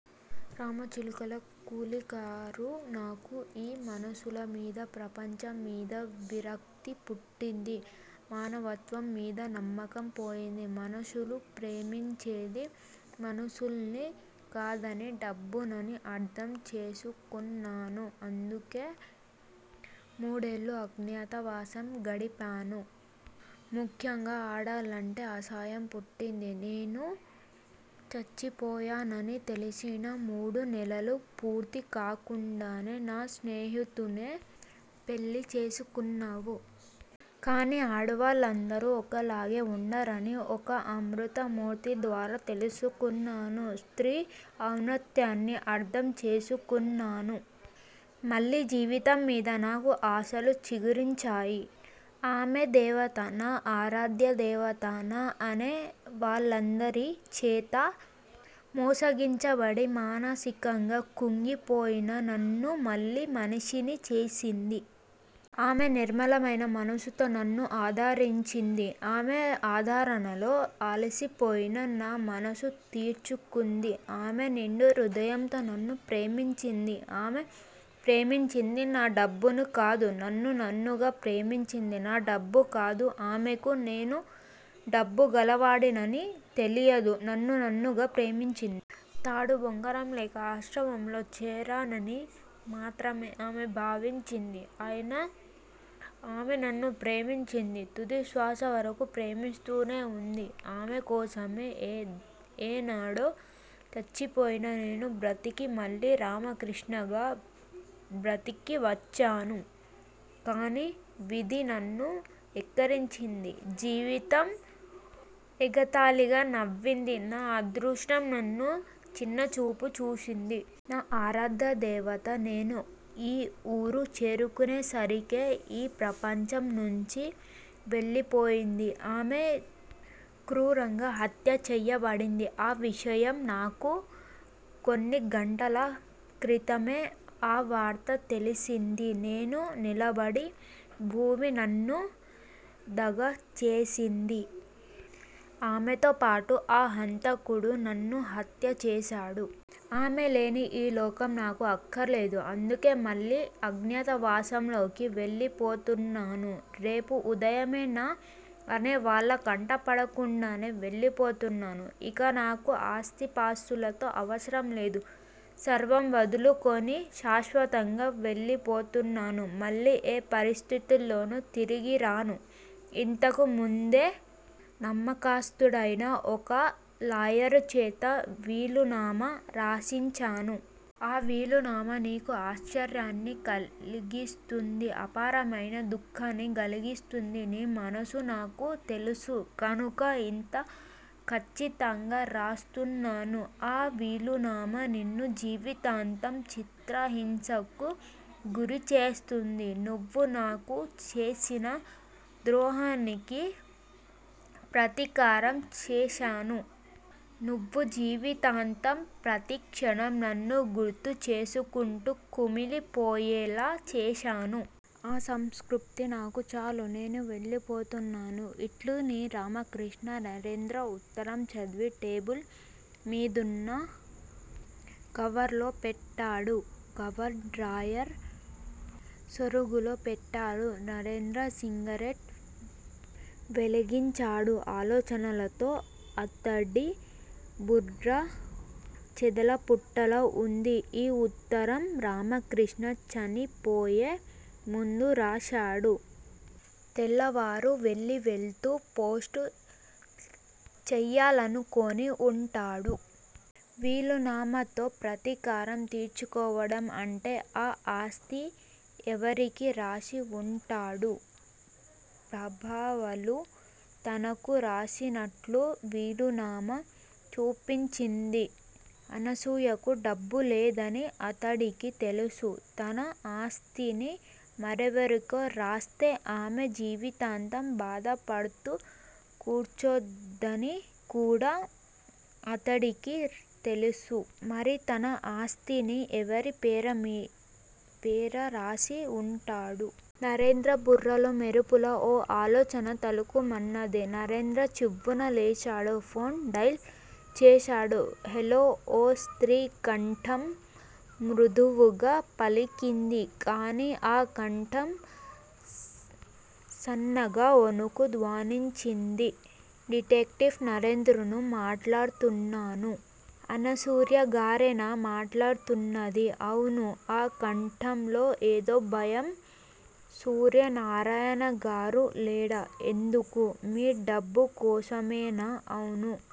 రామ చిలుకల కూలికారు. నాకు ఈ మనుషుల మీద, ప్రపంచం మీద విరక్తి పుట్టింది. మానవత్వం మీద నమ్మకం పోయింది. మనుషులు ప్రేమించేది మనుష్యుల్ని కాదనీ, డబ్బుననీ అర్థం చేసుకున్నాను. అందుకే మూడేళ్ళు అజ్ఞాతవాసం గడిపాను. ముఖ్యంగా ఆడాళ్లంటే అసహ్యం పుట్టింది. నేను చచ్చిపోయానని తెలిసిన మూడు నెలలు పూర్తి కాకుండానే నా స్నేహితుడ్నే పెళ్ళి చేసుకోన్నావు. కాని ఆడవాళ్ళందరూ ఒక్కలాగే ఉండరని ఒక అమృత మూర్తి ద్వారా తెలుసుకొన్నాను స్త్రీ ఔన్నత్యాన్ని అర్థం చేసుకొన్నాను. మళ్ళీ జీవితం మీద నాకు ఆశలు చిగురించాయి. ఆమే దేవత. నా ఆరాధ్య దేవత. నా అనే వాళ్ళందరి చేతా మోసగించబడి, మానసికంగా కుంగి పోయిన నన్ను మళ్ళీ మనిషిని చేసింది. ఆమే నిర్మలమైన మనసుతో నన్ను ఆదరించింది. ఆమే ఆదరణలో అలసిపోయిన నా మనసు తీర్చుకుంది. ఆమె నిండు హృదయంతో నన్ను ప్రేమించింది. ఆమె ప్రేమించింది నా డబ్బును కాదు. నన్ను నన్నుగా ప్రేమించింది. నా డబ్బు కాదు. ఆమెకు నేను డబ్బు గలవాడినని తెలియదు. నన్ను నన్నుగా ప్రేమించి. తాడూ బొంగరం లేక ఆశ్రమంలో చేరానని మాత్రమే ఆమె భావించింది. అయినా ఆమె నన్ను ప్రేమించింది. తుది శ్వాసవరకూ ప్రేమిస్తూనే ఉంది. ఆమె కోసమే ఏ ఏనాడో చచ్చిపోయినా నేను బ్రతికి మళ్లీ రామకృష్ణగా బ్రతికివచ్చాను. కాని విధి నన్ను ఏక్కిరించింది. జీవితం ఎగతాళిగా నవ్వింది. నా అదృష్టం నన్ను చిన్న చూపు చూసింది. నా ఆరాధ్య దేవత నేను ఈ ఊరు చేరుకునే సరికే ఈ ప్రపంచం నుంచి వెళ్ళిపోయింది. ఆమె క్రూరంగా హత్య చెయ్యబడింది. ఆ విషయం నాకు కొన్నిగంటల క్రితమే ఆ వార్త తెలిసింది. నేను నిలబడి భూమి నన్ను దగా చేసింది. ఆమెతో పాటు ఆ హంతకుడు నన్నూ హత్యచేశాడు. ఆమె లేని ఈలోకం నాకు అక్కర్లేదు. అందుకే మళ్ళీ అజ్ఞాత వాసంలోకి వెళ్ళిపోతున్నాను. రేపు ఉదయమే, నా అనే వాళ్ళ కంట పడకుండానే వెళ్ళిపోతున్నాను. ఇక నాకు ఆస్తిపాస్తులతో అవసరం లేదు. సర్వం వదులుకొని శాశ్వతంగా వెళ్ళిపోతున్నాను. మళ్ళీ ఏ పరిస్థితిలోనూ తిరిగిరాను. ఇంతకు ముందే నమ్మకస్తుడైన ఒక లాయరుచేత వీలునామ రాసించాను. ఆ వీలునామా నీకు ఆశ్చర్యాన్ని కలిగిస్తుంది. అపారమైన దుఃఖాన్ని గలిగిస్తుంది. నీ మనసు నాకు తెలుసు కనుక ఇంత ఖచ్చితంగా రాస్తున్నాను. ఆ వీలునామా నిన్ను జీవితాంతం చిత్రహింసకు గురిచేస్తుంది. నువ్వు నాకు చేసిన ద్రోహానికి ప్రతీకారం చేశాను. నువ్వు జీవితాంతం, ప్రతిక్షణం, నన్ను గుర్తుచేసుకుంటూ కుమిలి పోయేలా చేశాను. ఆ సంతృప్తి నాకు చాలు. నేను వెళ్ళిపోతున్నాను. ఇట్లు నీ రామకృష్ణ. నరేంద్ర ఉత్తరం చదివి, టేబుల్ మీదున్న కవర్లో పెట్టాడు. కవరు డ్రాయిర్ సొరుగులో పెట్టాడు. నర్రేంద్ర సింగరెట్ వెలిగించాడు. ఆలోచనలతో అతడి బుర్ర చెదల పుట్టలా ఉంది. ఈ ఉత్తరం రామకృష్ణ చనిపోయే ముందు రాశాడు తెల్లవారూ వెళ్ళి వెళుతూ పోస్టు చెయ్యాలనుకొని ఉంటాడు. వీలునామతో ప్రతీకారం తీర్చుకోవడం అంటే? ఆ ఆస్తి ఎవరికీ రాసి ఉంటాడు? ప్రభావలు తనకు రాసినట్లు వీలునామా చూపించింది. అనసూయకు డబ్బు ఆశలేదని అతడికి తెలుసు. తన ఆస్తిని మరెవరికో రాస్తే ఆమె జీవితాంతం బాధపడుతూ కూర్చోదని కూడా అతడికి తెలుసు. మరి తన ఆస్తిని ఎవరి పేర మీ పేర రాసి ఉంటాడు. నరేంద్ర బుర్రలో మెరుపులా ఓ ఆలోచన తలుక్కుమన్నది. నరేంద్ర చివ్వున లేచాడు. ఫోన్ డయల్ చేశాడు. హల్లో ఓ స్త్రీ కంఠం మృదువుగా పలికింది. కాని ఆ కంఠం సన్నగా ఒణుకు ధ్వనించింది. డిటెక్టివ్ నరేంద్రను మాట్లాడుతున్నాను అనసూర్యగారేనా మాట్లాడుతున్నాది? అవును! ఆ కంఠంలో ఏదో భయం. సూర్యనారాయణగారు లేడా? ఎందుకూ మీ డబ్బు కోసమేనా? అవును.